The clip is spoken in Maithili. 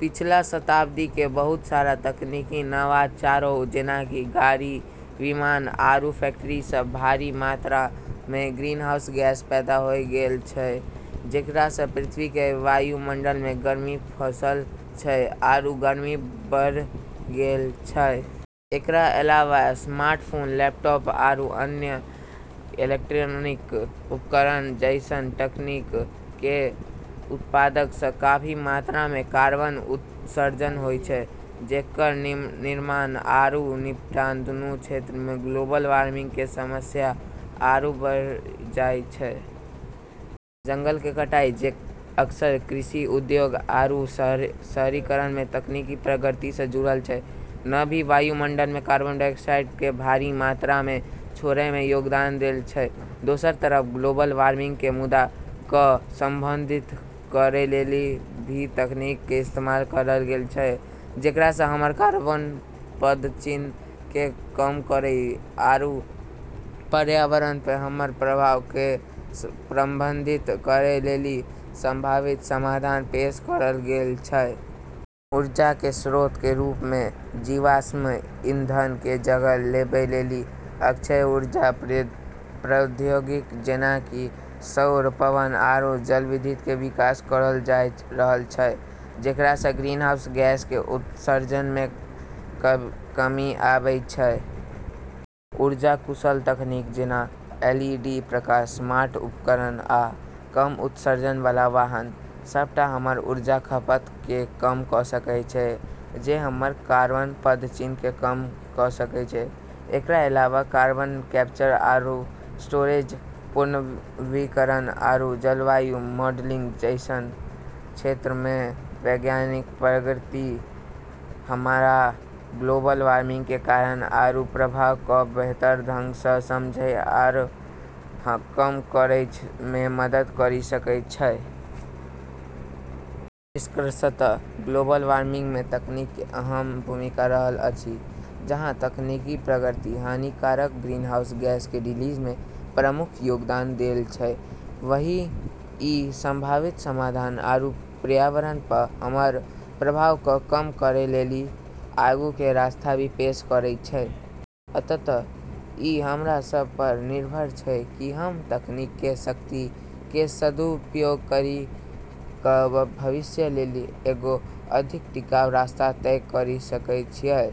पिछला शताब्दी के बहुत सारा तकनीकी नवाचारो, जेना कि गाड़ी, विमान, आरू फैक्ट्री, स भारी मात्रा मे ग्रीनहाउस गैस पैदा होय गेल छै जेकरा स पृथ्वी के वायुमंडल मे गर्मी फंसल छै आरू गर्मी बढ़ी गेल छै। एकरा अलावा स्मार्टफोन, लैपटॉप, आरू अन्य इलेक्ट्रॉनिक उपकरण जैसन तकनीक के उत्पादन स काफी मात्रा मे कार्बन उत्सर्जन होय छै, जेकर निर्माण आरू निपटान दूनू क्षेत्र मे ग्लोबल वार्मिंग के समस्या आरू बढ़ी जाय छै। जंगल के कटाई, जे अक्सर कृषि, उद्योग आरू शहरीकरण मे तकनीकी प्रगति स जुड़ल छै, न भी वायुमंडल मे कार्बन डाइऑक्साइड के भारी मात्रा मे छोड़ै मे योगदान देल छै। दोसर तरफ, ग्लोबल वार्मिंग के मुद्दा क संबोधित करै लेली भी तकनीक के इस्तेमाल करल गेल छै, जेकरा स हमर कार्बन पदचिह्न क कम करै आरू पर्यावरण प हमर प्रभाव क प्रबंधित करै लेली संभावित समाधान पेश करल गेल छै। ऊर्जा के स्रोत के रूप मे जीवाश्म ईंधन के जगह लेबै लेली अक्षय ऊर्जा प्रौद्योगिकी, जेना कि सौर, पवन आरू जलविद्युत के विकास करल जाय रहल छै, जेकरा स ग्रीनहाउस गैस के उत्सर्जन मे कमी आबै छै। ऊर्जा-कुशल तकनीक, जेना एलईडी प्रकाश, स्मार्ट उपकरण आ कम उत्सर्जन वाला वाहन, सबटा हमर ऊर्जा खपत के कम क सकै छै, जे हमर कार्बन पदचिह्न के कम क सकै छै। एकरा अलावा कार्बन कैप्चर आरू स्टोरेज, पुनर्वनीकरण, आरू जलवायु मॉडलिंग जैसन क्षेत्र मे वैज्ञानिक प्रगति हमरा ग्लोबल वार्मिंग के कारण आरू प्रभाव क बेहतर ढंग स समझै आरू कम करै मे मदद करी सकै छै। निष्कर्षतः ग्लोबल वार्मिंग में तकनीक के अहम भूमिका रहल अछि। जहाँ तकनीकी प्रगति हानिकारक ग्रीनहाउस गैस के रिलीज मे प्रमुख योगदान देल छै, वहीं ई संभावित समाधान आरू पर्यावरण प हमर प्रभाव क कम करै लेली आगू के रास्ता भी पेश करै छै। अंततः ई हमरा सब पर निर्भर छै कि हम तकनीक के शक्ति के सदुपयोग करी क भविष्य लेली एगो अधिक टिकाऊ रास्ता तय करी सकै छियै।